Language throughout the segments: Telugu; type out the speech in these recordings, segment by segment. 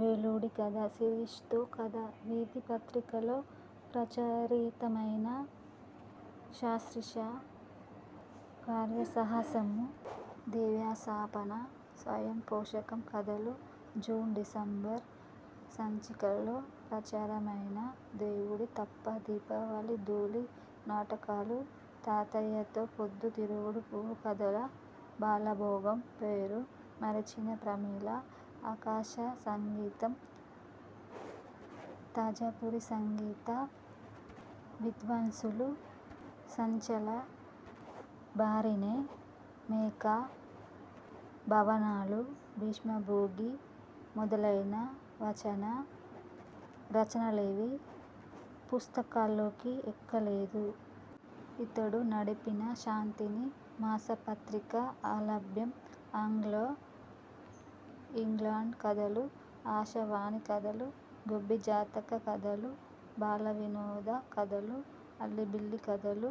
వేలుడికథ శీర్షికతో కథా వీథి పత్రిక లో ప్రచురితమైన శుశ్రూష, కార్యసన్నాహము, దివ్యోపాసన, స్వయం పోషకం కథలు జూన్, డిశంబర్ సంచికలో ప్రచురితమైన దేవుడి తప్పు, దీపావళి ధూళి నాటికలు మాతాతతో, పొద్దు తిరుగుడు పువ్వు కథ, బాల భోగం, పేరు మరిచిన ప్రమీళ, ఆకాశసంగీతం, తంజావూరి సంగీత విద్వాంసులు, చంచల బరిణె, మేఖ భవనాలు, భీష్మగొబ్బి మొదలైన వచన రచనలేవీ పుస్తకాల్లోకి ఎక్కలేదు. ఇతడు నడిపిన 'శాంతిని' మాస పత్రిక అలభ్యం. ఆంగ్లో ఇండియన్ కథలు, ఆకాశ వాణి కథలు, గొబ్బి జాతక కథలు, బాల వినోద కథలు, అల్లిబిల్లి కథలు,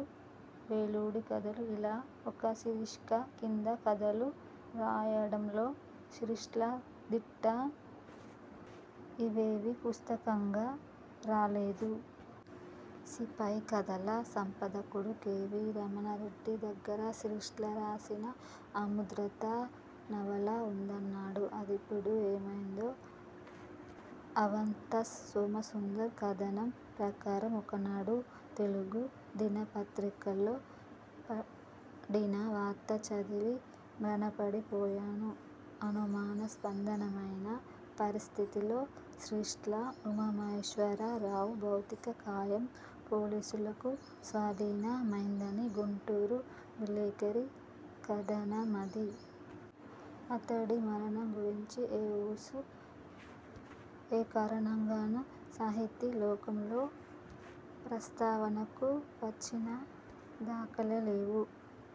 వేలుడి కథలు ఇలా ఒక శీర్షిక కింద కథలు రాయడంలో శిష్ట్లా దిట్ట. ఇవేవీ పుస్తకంగా రాలేదు. సిపాయి కథల సంపాదకుడు కె. వి. రమణారెడ్డి దగ్గర శిష్ ట్లా రాసిన అముద్రిత నవల ఉందన్నాడు. అదిప్పుడు ఏమైందో. ఆవంత్స సోమ సుందర్ కథనం ప్రకారం ఒకనాడు తెలుగు దిన పత్రికలో పడిన వార్త చదివి మ్రాన్పడి పోయాను. అనుమానాస్పదమైన పరిస్థితులలో శిష్ట్లా ఉమామహేశ్వర రావు భౌతిక కాయం పోలీసులకు స్వాధీన మైందని గుంటూరు విలేఖరి కథనమది. అతడి మరణం గురించి ఏ ఊసూ, ఏరకంగానూ సాహితీ లోకంలో ప్రస్తావనకు వచ్చిన దాఖలాల్లేవ్.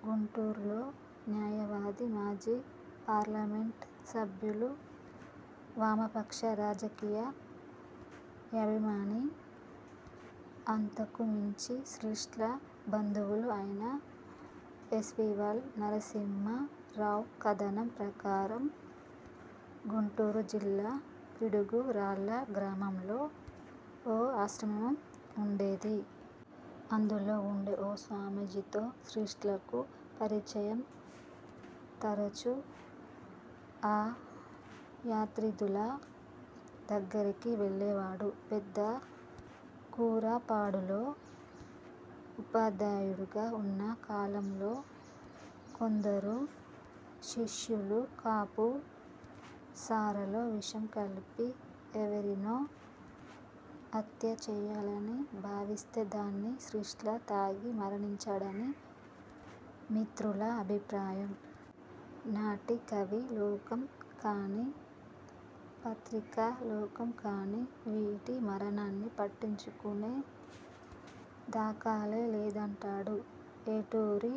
గుంటూరులో న్యాయ వాది, మాజీ పార్లమెంట్ సభ్యులు, వామపక్ష రాజకీ యాభిమాని, అంతకు మించి శిష్ట్లా బంధువు అయిన ఎస్వీఎల్ నరసింహా రావు కథనం ప్రకారం, గుంటూరు జిల్లా పిడుగు రాళ్ళ గ్రామంలో ఓ ఆశ్రమం ఉండేది. అందులో వుండే ఓ స్వామీజీతో శిష్ట్లాకు పరిచయం. తరచూ ఆ యతీంద్రుల దగ్గరికి వెళ్ళేవాడు. పెద్ద కూరపాడు లో ఉపాధ్యాయుడిగా ఉన్న కాలంలో కొందరు శిష్యులు కాపు సారాలో విషం కలిపి ఎవరినో హత్య చెయ్యాలని భావిస్తే దాన్ని శిష్ట్లా తాగి మరణించాడని మిత్రుల అభిప్రాయం. నాటి కవి లోకం కానీ, పత్రికా లోకం కానీ వీరి మరణాన్ని పట్టించుకొన్న దాఖలా లేదం టాడు ఏటుకూరి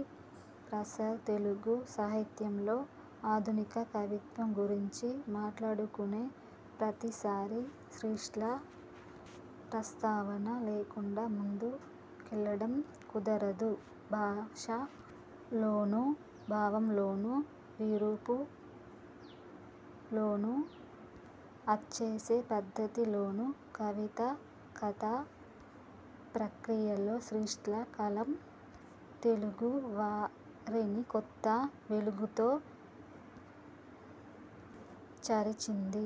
ప్రసాద్. తెలుగు సాహిత్యంలో ఆధునిక కవిత్వం గురించి మాట్లాడుకునే ప్రతిసారీ శిష్ట్లా ప్రస్తావన లేకండా ముందు కెళ్లడం కుదరదు. భాషలోనూ, భావం లోనూ, విరుపు లోనూ, అచ్చేసే పద్ధతి లోనూ కవిత, కథ ప్రక్రియల్లో శిష్ట్లా కలం తెలుగు వారిని కొత్త వెలుగుతో చరిచింది.